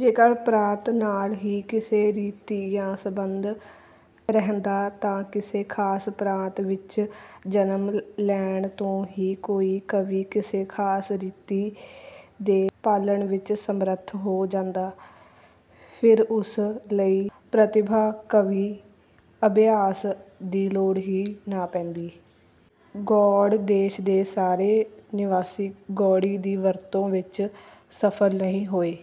ਜੇਕਰ ਪ੍ਰਾਂਤ ਨਾਲ ਹੀ ਕਿਸੇ ਰੀਤੀ ਦਾ ਸਬੰਧ ਰਹਿੰਦਾ ਤਾਂ ਕਿਸੇ ਖਾਸ ਪ੍ਰਾਂਤ ਵਿੱਚ ਜਨਮ ਲੈਣ ਤੋਂ ਹੀ ਕੋਈ ਕਵੀ ਕਿਸੇ ਖਾਸ ਰੀਤੀ ਦੇ ਪਾਲਨ ਵਿੱਚ ਸਮਰਥ ਹੋ ਜਾਂਦਾ। ਫਿਰ ਉਸ ਲਈ ਪ੍ਰਤਿਭਾ, ਕਾਵਿ-ਅਭਿਆਸ ਦੀ ਲੋੜ ਹੀ ਨਾ ਪੈਂਦੀ। ਗੌੜ ਦੇਸ਼ ਦੇ ਸਾਰੇ ਨਿਵਾਸੀ ਗੌੜੀ ਦੀ ਵਰਤੋਂ ਵਿੱਚ ਸਫਲ ਨਹੀਂ ਹੋਏ।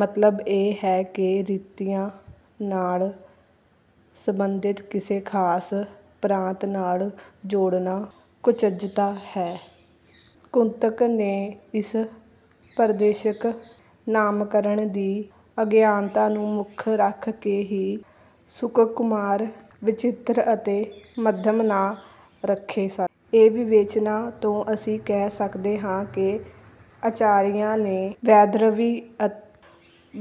ਮਤਲਬ ਇਹ ਹੈ ਕਿ ਰੀਤੀਆਂ ਦਾ ਸਬੰਧ ਕਿਸੇ ਖਾਸ ਪ੍ਰਾਂਤ ਨਾਲ ਜੋੜਨਾ ਕੁਚੱਜਤਾ ਹੈ। ਕੁੰਤਕ ਨੇ ਇਸ ਪ੍ਰਾਦੇਸ਼ਕ ਨਾਮਕਰਣ ਦੀ ਅਵਿਗਿਆਨਿਕਤਾ ਨੂੰ ਮੁੱਖ ਰੱਖ ਕੇ ਹੀ ਸੁਕੁਮਾਰ, ਵਿਚਿਤ੍ਰ ਅਤੇ ਮੱਧਮ ਨਾਂ ਰੱਖੇ ਸਨ। ਇਸ ਵਿਵੇਚਨਾ ਤੋਂ ਅਸੀਂ ਕਹਿ ਸਕਦੇ ਹਾਂ ਕਿ ਆਚਾਰੀਆਂ ਨੇ ਵੈਦਰਭੀ,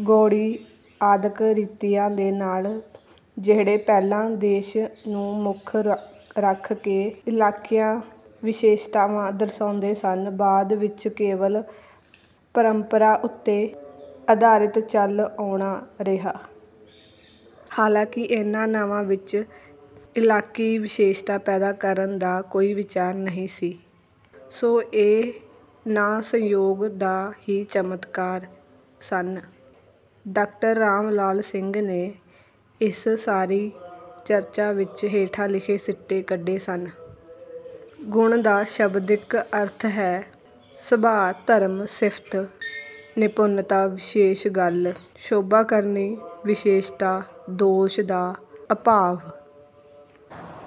ਗੌੜੀ ਆਦਿਕ ਰੀਤੀਆਂ ਦੇ ਨਾਂ ਜਿਹੜੇ ਪਹਿਲਾਂ ਦੇਸ਼ਾਂ ਨੂੰ ਮੁੱਖ ਰੱਖ ਕੇ ਇਲਾਕਾਈ ਵਿਸ਼ੇਸ਼ਤਾਵਾਂ ਦਰਸਾਉਂਦੇ ਸਨ, ਬਾਅਦ ਵਿੱਚ ਕੇਵਲ ਪਰੰਪਰਾ ਉੱਤੇ ਆਧਾਰਿਤ ਚਲੇ ਆਉਂਦੇ ਰਹੇ। ਹਾਲਾਂਕਿ ਇਨ੍ਹਾਂ ਨਾਵਾਂ ਵਿੱਚ ਇਲਾਕਾਈ ਵਿਸ਼ੇਸ਼ਤਾ ਪੈਦਾ ਕਰਨ ਦਾ ਕੋਈ ਵਿਚਾਰ ਨਹੀਂ ਸੀ। ਸੋ ਇਹ ਨਾਂ ਸੰਯੋਗ ਦਾ ਹੀ ਚਮਤਕਾਰ ਸਨ। ਡਾ. ਰਾਮਲਾਲ ਸਿੰਘ ਨੇ ਇਸ ਸਾਰੀ ਚਰਚਾ ਵਿੱਚੋਂ ਹੇਠ ਲਿਖੇ ਸਿੱਟੇ ਕੱਢੇ ਹਨ - ਗੁਣ ਦਾ ਸ਼ਾਬਦਿਕ ਅਰਥ ਹੈ - ਸੁਭਾਅ, ਧਰਮ, ਸਿਫ਼ਤ, ਨਿਪੁਣਤਾ, ਵਿਸ਼ੇਸ਼ ਗੱਲ, ਸ਼ੋਭਾਕਾਰੀ ਵਿਸ਼ੇਸ਼ਤਾ, ਦੋਸ਼ ਦਾ ਅਭਾਵ।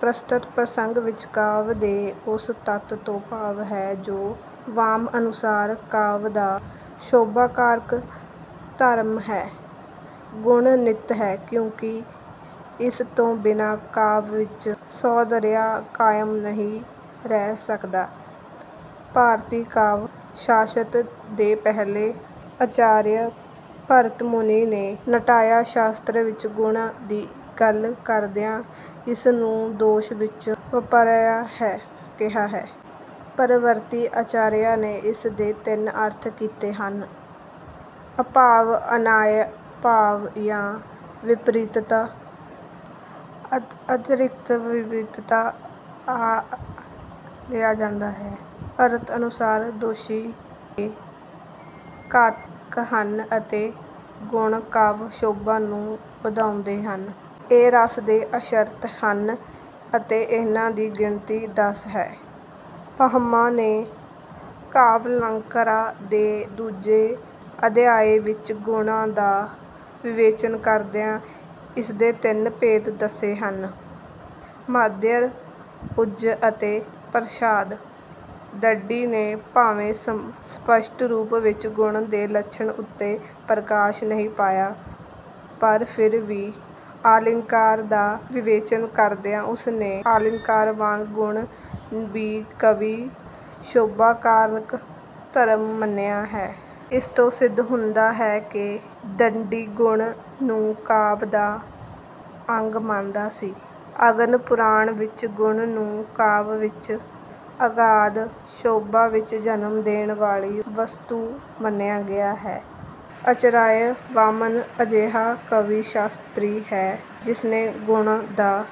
ਪ੍ਰਸਤੁਤ ਪ੍ਰਸੰਗ ਵਿੱਚ ਕਾਵਿ ਦੇ ਉਸ ਤੱਤ ਤੋਂ ਭਾਵ ਹੈ ਜੋ ਵਾਮਨ ਅਨੁਸਾਰ ਕਾਵਿ ਦਾ ਸ਼ੋਭਾਕਾਰਕ ਧਰਮ ਹੈ। ਗੁਣ ਨਿੱਤ ਹੈ ਕਿਉਂਕਿ ਇਸ ਤੋਂ ਬਿਨਾਂ ਕਾਵਿ ਵਿੱਚ ਸੌਂਦਰਯ ਕਾਇਮ ਨਹੀਂ ਰਹਿ ਸਕਦਾ। ਭਾਰਤੀ ਕਾਵਿ-ਸ਼ਾਸਤਰ ਦੇ ਪਹਿਲੇ ਆਚਾਰਯ ਭਰਤ ਮੁਨੀ ਨੇ ਨਾਟਯ-ਸ਼ਾਸਤਰ ਵਿੱਚ ਗੁਣ ਦੀ ਗੱਲ ਕਰਦਿਆਂ ਇਸ ਨੂੰ ਦੋਸ਼ ਦਾ ਵਿਪਰਯਯ ਕਿਹਾ ਹੈ। ਪਰਵਰਤੀ ਆਚਾਰੀਆਂ ਨੇ ਇਸ ਦੇ ਤਿੰਨ ਅਰਥ ਕੀਤੇ ਹਨ - ਅਭਾਵ, ਅਨਨ੍ਯਥਾ ਭਾਵ ਜਾਂ ਵਿਪਰੀਤਤਾ। ਅਧਿਕਤਰ ਵਿਪਰੀਤਤਾ ਅਰਥ ਹੀ ਲਿਆ ਜਾਂਦਾ ਹੈ। ਭਰਤ ਅਨੁਸਾਰ ਦੋਸ਼ ਸ਼ੋਭਾ ਦੇ ਘਾਤਕ ਹਨ ਅਤੇ ਗੁਣ ਕਾਵਿ-ਸ਼ੋਭਾ ਨੂੰ ਵਧਾਉਂਦੇ ਹਨ। ਇਹ ਰਸ ਦੇ ਆਸ਼ਰਿਤ ਹਨ ਅਤੇ ਇਨ੍ਹਾਂ ਦੀ ਗਿਣਤੀ ਦਸ ਹੈ। ਭਾਮਹ ਨੇ ਕਾਵਯਾਲੰਕਾਰ ਦੇ ਦੂਜੇ ਅਧਿਆਇ ਵਿੱਚ ਗੁਣ ਦਾ ਵਿਵੇਚਨ ਕਰਦਿਆਂ ਇਸਦੇ ਤਿੰਨ ਭੇਦ ਦੱਸੇ ਹਨ - ਮਾਧੁਰਯ, ਓਜ ਅਤੇ ਪ੍ਰਸਾਦ। ਦੰਡੀ ਨੇ ਭਾਵੇਂ ਸਪੱਸ਼ਟ ਰੂਪ ਵਿੱਚ ਗੁਣ ਦੇ ਲੱਛਣ ਉੱਤੇ ਪ੍ਰਕਾਸ਼ ਨਹੀਂ ਪਾਇਆ, ਪਰ ਫਿਰ ਵੀ ਆਲੰਕਾਰ ਦਾ ਵਿਵੇਚਨ ਕਰਦਿਆਂ ਉਸ ਨੇ ਆਲੰਕਾਰ ਵਾਂਗ ਗੁਣ ਨੂੰ ਵੀ ਕਾਵਿ ਦਾ ਸ਼ੋਭਾਕਾਰਕ ਧਰਮ ਮੰਨਿਆ ਹੈ। ਇਸ ਤੋਂ ਸਿੱਧ ਹੁੰਦਾ ਹੈ ਕਿ ਦੰਡੀ ਗੁਣ ਨੂੰ ਕਾਵਿ ਦਾ ਅੰਗ ਮੰਨਦਾ ਸੀ। ਅਗਨਿ ਪੁਰਾਣ ਵਿੱਚ ਗੁਣ ਨੂੰ ਕਾਵਿ ਵਿੱਚ ਅਗਾਧ ਸ਼ੋਭਾ ਨੂੰ ਜਨਮ ਦੇਣ ਵਾਲੀ ਵਸਤੂ ਮੰਨਿਆ ਗਿਆ ਹੈ। ਆਚਾਰਯ ਵਾਮਨ ਅਜਿਹਾ ਕਾਵਿ-ਸ਼ਾਸਤਰੀ ਹੈ ਜਿਸਨੇ ਗੁਣ ਦਾ